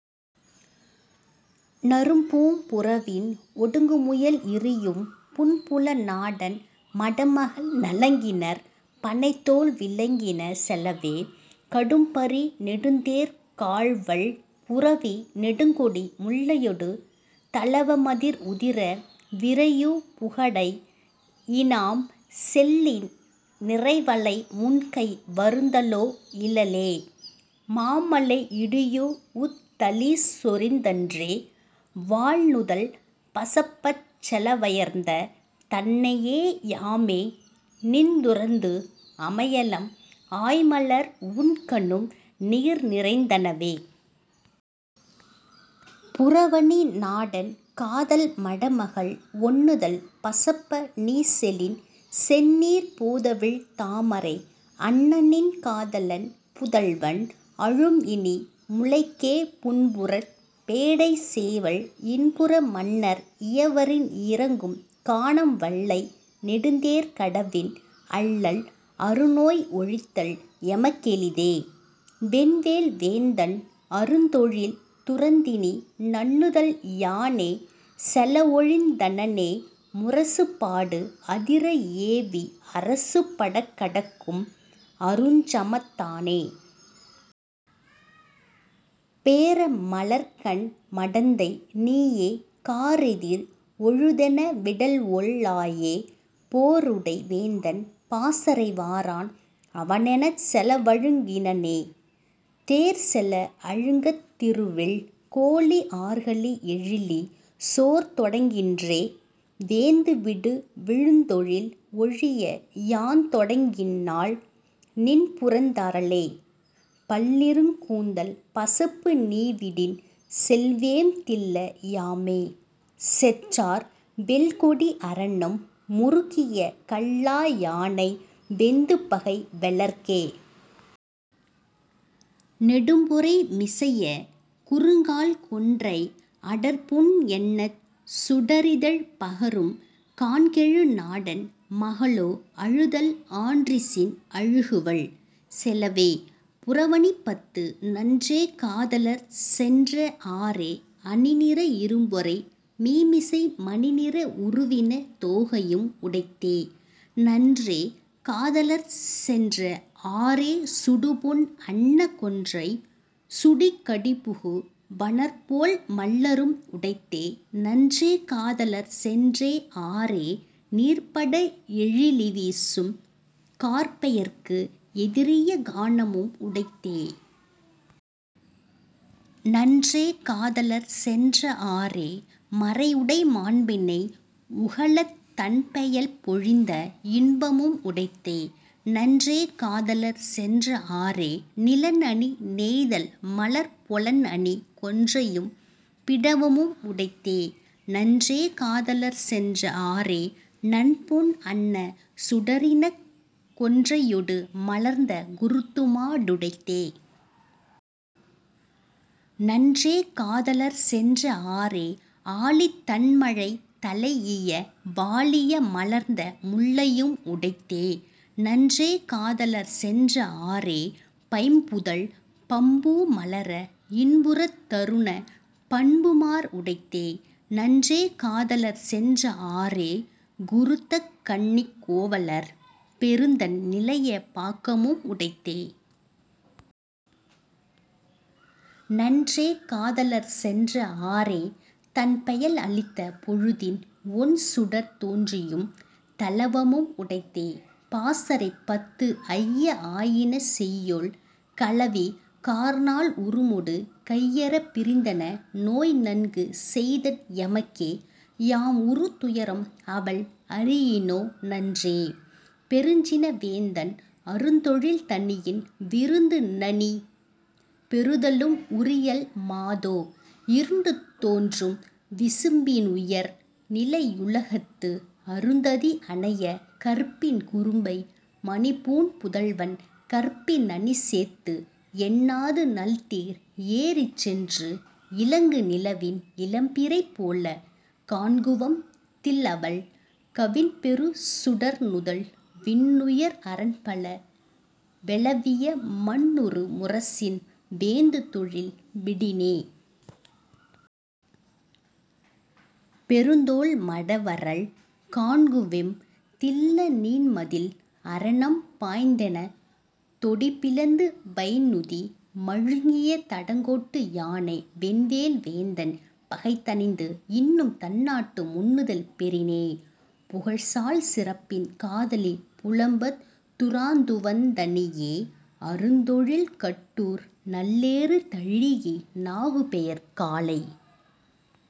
நறும்பூம் புறவின் ஒடுங்குமுயல் இரியும் புன்புல நாடன் மடமகள் நலங்கினர் பணைத்தோள் விலங்கின செலவே. கடும்பரி நெடுந்தேர்க் கால்வல் புரவி நெடுங்கொடி முல்லையொடு தளவமதிர் உதிர விரையுபு கடை இநாம் செல்லின் நிரைவளை முன்கை வருந்தலோ இலளே. மாமலை இடியூஉத் தளீசொரிந் தன்றே வாள்நுதல் பசப்பச் செலவயர்ந் தன்னையே யாமே நிந்துறந்து அமையலம் ஆய்மலர் உண்கணும் நீர்நிறைந் தனவே. புறவணி நாடன் காதல் மடமகள் ஒண்ணுதல் பசப்ப நீசெலின் செண்ணீர்ப் போதவிழ் தாமரை அன்னநின் காதலன் புதல்வன் அழும்இனி முலைக்கே புன்புறப் பேடை சேவல் இன்புற மன்னர் இயவரின் இரங்கும் கானம் வல்லை நெடுந்தேர் கடவின் அல்லல் அருநோய் ஒழித்தல் எமக் கெளிதே. வென்வேல் வேந்தன் அருந்தொழில் துறந்தினி நன்னுதல் யானே செலஒழிந் தனனே முரசுபாடு அதிர ஏவி அரசுபடக் கடக்கும் அருஞ்சமத் தானே. பேர மலர்க்கண் மடந்தை நீயே காரெதிர் ஒழுதென விடல்ஒல் லாயே போருடை வேந்தன் பாசறை வாரான் அவனெனச் செலவழுங் கினனே. தேர்செல அழுங்கத் திருவில் கோலி ஆர்கலி எழிலி சோர்தொடங் கின்றே வேந்துவிடு விழுத்தொழில் ஒழிய யாந்தொடங் கின்னால் நின்புரந் தரலே. பல்லிருங் கூந்தல் பசப்பு நீவிடின் செல்வேம் தில்ல யாமே செற்றார் வெல்கொடி அரணம் முருக்கிய கல்லா யானை வெந்துபகை வெலற்கே. நெடும்பொறை மிசைய குறுங்கால் கொன்றை அடர்பொன் என்னச் சுடரிதழ் பகரும் கான்கெழு நாடன் மகளோ அழுதல் ஆன்றிசின் அழுங்குவல் செலவே..புறவணிப் பத்து நன்றே காதலர் சென்ற ஆறே அணிநிற இரும்பொறை மீமிசை மணிநிற உருவின தோகையும் உடைத்தே. நன்றே காதலர் சென்ற ஆறே சுடுபொன் அன்ன கொன்றை சூடிக் கடிபுகு வனர்போல் மள்ளரும் உடைத்தே நன்றே காதலர் சென்றே ஆறே நீர்ப்பட எழிலி வீசும் கார்ப்பெயற்கு எதிரிய கானமும் உடைத்தே. நன்றே காதலர் சென்ற ஆறே மறியுடை மாண்பிணை உகளத் தண்பெயல் பொழிந்த இன்பமும் உடைத்தே. நன்றே காதலர் சென்ற ஆறே நிலன் அணி நெய்தல் மலரப் பொலன்அணி கொன்றையும் பிடவமும் உடைத்தே. நன்றே காதலர் சென்ற ஆறே நன்பொன் அன்ன சுடரிணர்க் கொன்றையொடு மலர்ந்த குருந்துமா ருடைத்தே. நன்றே காதலர் சென்ற ஆறே ஆலித் தண்மழை தலைஇய வாலிய மலர்ந்த முல்லையும் உடைத்தே. நன்றே காதலர் சென்ற ஆறே பைம்புதல் பம்பூ மலர இன்புறத் தருந பண்புமார் உடைத்தே. நன்றே காதலர் சென்ற ஆறே குருந்தக் கண்ணிக் கோவலர் பெருந்தண் நிலைய பாக்கமும் உடைத்தே. நன்றே காதலர் சென்ற ஆறே தன்பெயல் அளித்த பொழுதின் ஒண்சுடர்த் தோன்றியும் தளவமும் உடைத்தே.. பாசறைப் பத்து ஐய ஆயின செய்யோள் களவி கார்நாள் உருமொடு கையறப் பிரிந்தென நோய் நன்கு செய்தன் எமக்கே யாம்உறு துயரம் அவள் அறியினோ நன்றே. பெருஞ்சின வேந்தன் அருந்தொழில் தணியின் விருந்து நனி பெறுதலும் உரியள் மாதோ இருண்டு தோன்றும் விசும்பினுயர் நிலையுலகத்து அருந்ததி அனைய கற்பின் குரும்பை மணிப்பூண் புதல்வன் கற்பின் நனிசேத்து என்னாது நல்தேர் ஏறிச்சென்று இலங்கு நிலவின் இளம்பிறை போலக் காண்குவம் தில்அவள் கவின்பெறு சுடர்நுதல் விண்ணுயர் அரண்பல வெளவிய மண்ணுறு முரசின் வேந்துதொழில் விடினே. பெருந்தோள் மடவரல் காண்குவெம் தில்ல நீண்மதில் அரணம் பாய்ந்தெனத் தொடிபிளந்து வைந்நுதி மழுகிய தடங்கோட்டு யானை வென்வேல் வேந்தன் பகைதணிந்து இன்னும் தன்னாட்டு முன்னுதல் பெறினே. புகழ்சால் சிறப்பின் காதலி புலம்பத் துராந்துவந் தனையே அருந்தொழில் கட்டூர் நல்லேறு தழீஇ நாகுபெயர் காலை